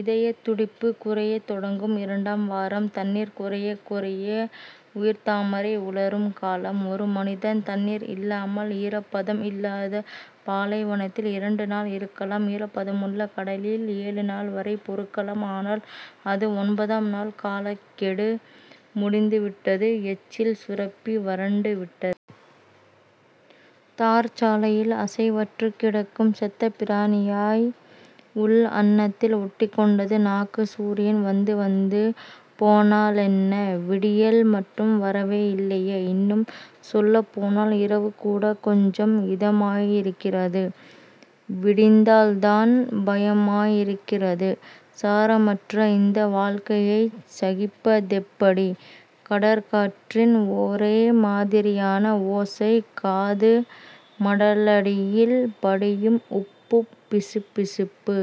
இதயத் துடிப்பு குறையத் தொடங்கும் இரண்டாம் வாரம். தண்ணீர் குறையக் குறைய உயிர்த்தாமரை உலரும் காலம். ஒரு மனிதன் தண்ணீர் இல்லாமல் ஈரப்பதம் இல்லாத பாலைவனத்தில் இரண்டு நாள் இருக்கலாம். ஈரப்பதமுள்ள கடலில் ஏழுநாள்வரை பொறுக்கலாம். ஆனால் அது ஒன்பதாம் நாள். காலக்கெடு முடிந்துவிட்டது. எச்சில் சுரப்பி வறண்டுவிட்டது. தார்ச்சாலையில் அசைவற்றுக் கிடக்கும் செத்தபிராணியாய் உள் அண்ணத்தில் ஒட்டிக்கொண்டது நாக்கு. சூரியன் வந்துவந்து போனாலென்ன. விடியல் மட்டும் வரவே இல்லையே. இன்னும் சொல்லப்போனால் இரவுகூடக் கொஞ்சம் இதமாயிருக்கிறது. விடிந்தால்தான் பயமாயிருக்கிறது. சாரமற்ற இந்த வாழ்க்கையைச் சகிப்பதெப்படி? கடற்காற்றின் ஒரேமாதிரியான ஓசை. காது மடலடியில் படியும் உப்புப் பிசுபிசுப்பு.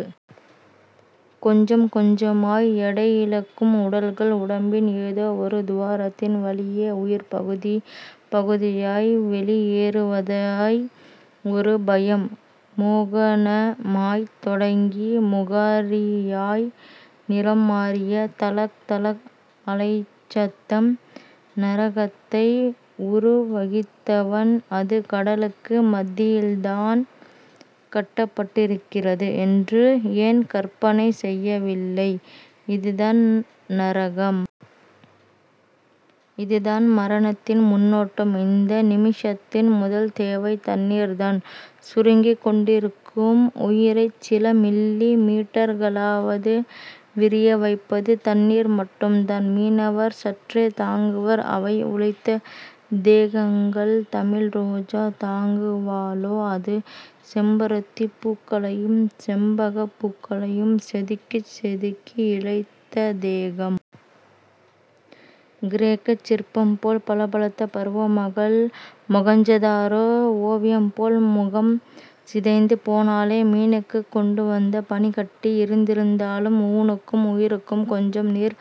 கொஞ்சம் கொஞ்சமாய் எடையிழக்கும் உடல்கள். உடம்பின் ஏதோ ஒரு துவாரத்தின் வழியே, உயிர் பகுதி பகுதியாய் வெளியேறுவதாய் ஒரு பயம். மோகனமாய்த் தொடங்கி முகாரியாய் நிறம்மாறிய தளக் தளக் அலைச்சத்தம். நரகத்தை உருவகித்தவன் அது கடலுக்கு மத்தியில்தான் கட்டப்பட்டிருக்கிறது என்று ஏன் கற்பனை செய்யவில்லை? இதுதான் நரகம். இதுதான் மரணத்தின் முன்னோட்டம். இந்த நிமிஷத்தின் முதல் தேவை தண்ணீர்தான். சுருங்கிக் கொண்டிருக்கும் உயிரைச் சில மில்லி மீட்டர்களாவது விரியவைப்பது தண்ணீர் மட்டும்தான். மீனவர் சற்றே தாங்குவர். அவை உழைத்த தேகங்கள். தமிழ்ரோஜா தாங்குவாளோ? அது செம்பருத்திப் பூக்களையும் செண்பகப் பூக்களையும் செதுக்கிச் செதுக்கி இழைத்த தேகம். கிரேக்கச் சிற்பம்போல் பளபளத்த பருவமகள், மொகஞ்சதாரோ ஒவியம்போல் முகம் சிதைந்து போனாளே. மீனுக்குக் கொண்டுவந்த பனிக்கட்டி இருந்திருந்தாலும் ஊனுக்கும் உயிருக்கும் கொஞ்சம் நீர்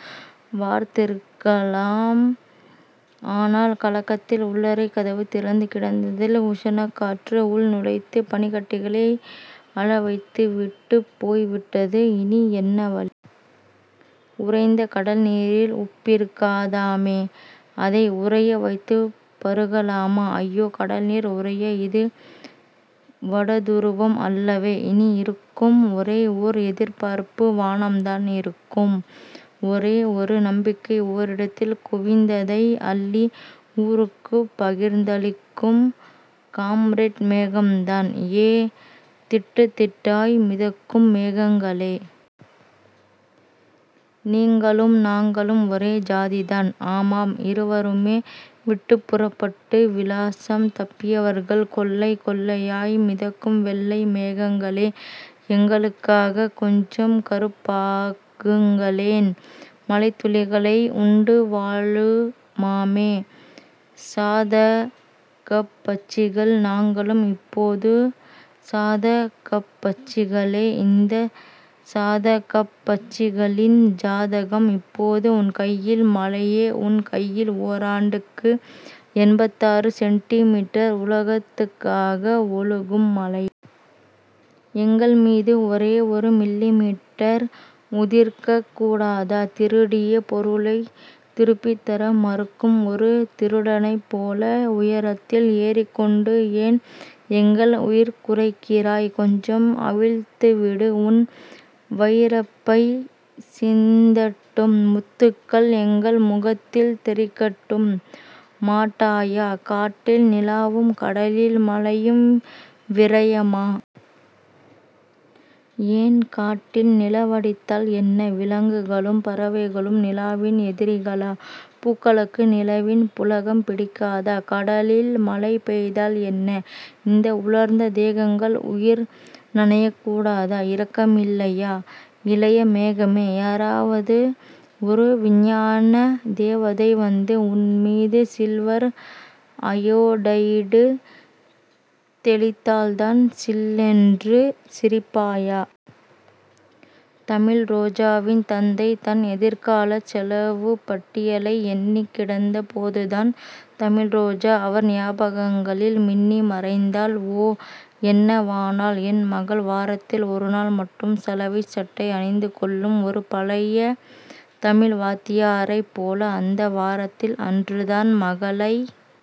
வார்த்திருக்கலாம். ஆனால் கலக்கத்தில் உள்ளறைக் கதவு திறந்து கிடந்ததில் உஷணக்காற்று உள் நுழைந்து பனிக்கட்டிகளை அழவைத்துவிட்டுப் போய்விட்டது. இனி என்ன வழி? உறைந்த கடல்நீரில் உப்பிருக்காதாமே. அதை உறைய வைத்துப் பருகலாமா? அய்யோ. கடல்நீர் உறைய இது வடதுருவம் அல்லவே. இனி இருக்கும் ஒரே ஓர் எதிர்பார்ப்பு வானம்தான். இருக்கும் ஒரே ஒரு நம்பிக்கை ஓரிடத்தில் குவிந்ததை அள்ளி ஊருக்குப் பகிர்ந்தளிக்கும் காம்ரேட் மேகம்தான். ஏ, திட்டுத்திட்டாய் மிதக்கும் மேகங்களே. நீங்களும் நாங்களும் ஒரே ஜாதிதான். ஆமாம். இருவருமே விட்டுப்புறப்பட்டு விலாசம் தப்பியவர்கள். கொள்ளை கொள்ளையாய் மிதக்கும் வெள்ளை மேகங்களே. எங்களுக்காகக் கொஞ்சம் கறுப்பாகுங்களேன். மழைத்துளிகளை உண்டுவாழுமாமே சாதகப்பட்சிகள். நாங்களும் இப்போது சாதகப்பட்சிகளே. இந்தச் சாதகப்பட்சிகளின் ஜாதகம், இப்போது உன் கையில் மழையே... உன் கையில். ஓராண்டுக்கு எண்பத்தாறு சென்டிமீட்டர் உலகத்துக்காக ஒழுகும் மழையே. எங்கள் மீது ஒரே ஒரு மில்லிமீட்டர் உதிர்க்கக் கூடாதா? திருடிய பொருளைத் திருப்பித்தர மறுக்கும் ஒரு திருடனைப் போல உயரத்தில் ஏறிக்கொண்டு ஏன் எங்கள் உயிர் குறைக்கிறாய்? கொஞ்சம் அவிழ்த்துவிடு. உன் வைரப்பை சிந்தட்டும். முத்துக்கள் எங்கள் முகத்தில் தெறிக்கட்டும். மாட்டாயா? காட்டில் நிலாவும் கடலில் மழையும் விரயமா? ஏன்? காட்டில் நிலவடித்தால் என்ன? விலங்குகளும் பறவைகளும் நிலாவின் எதிரிகளா? பூக்களுக்கு நிலவின் புளகம் பிடிக்காதா? கடலில் மழை பெய்தால் என்ன? இந்த உலர்ந்த தேகங்கள் உயிர் நனையக்கூடாதா? இரக்கமில்லையா இளையமேகமே? யாராவது ஒரு விஞ்ஞான தேவதை வந்து உன்மீது சில்வர் அயொடைடு தெளித்தால்தான் சில்லென்று சிரிப்பாயா? தமிழ்ரோஜாவின் தந்தை. தன் எதிர்காலச் செலவுப்பட்டியலை எண்ணிக் கிடந்தபோதுதான் தமிழ்ரோஜா அவர் ஞாபகங்களில் மின்னி மறைந்தாள். ஓ. என்னவானாள் என் மகள்? வாரத்தில் ஒருநாள் மட்டும் சலவைச்சட்டை அணிந்து கொள்ளும் ஒரு பழைய தமிழ்வாத்தியாரைப் போல அந்த வாரத்தில் அன்றுதான் மகளை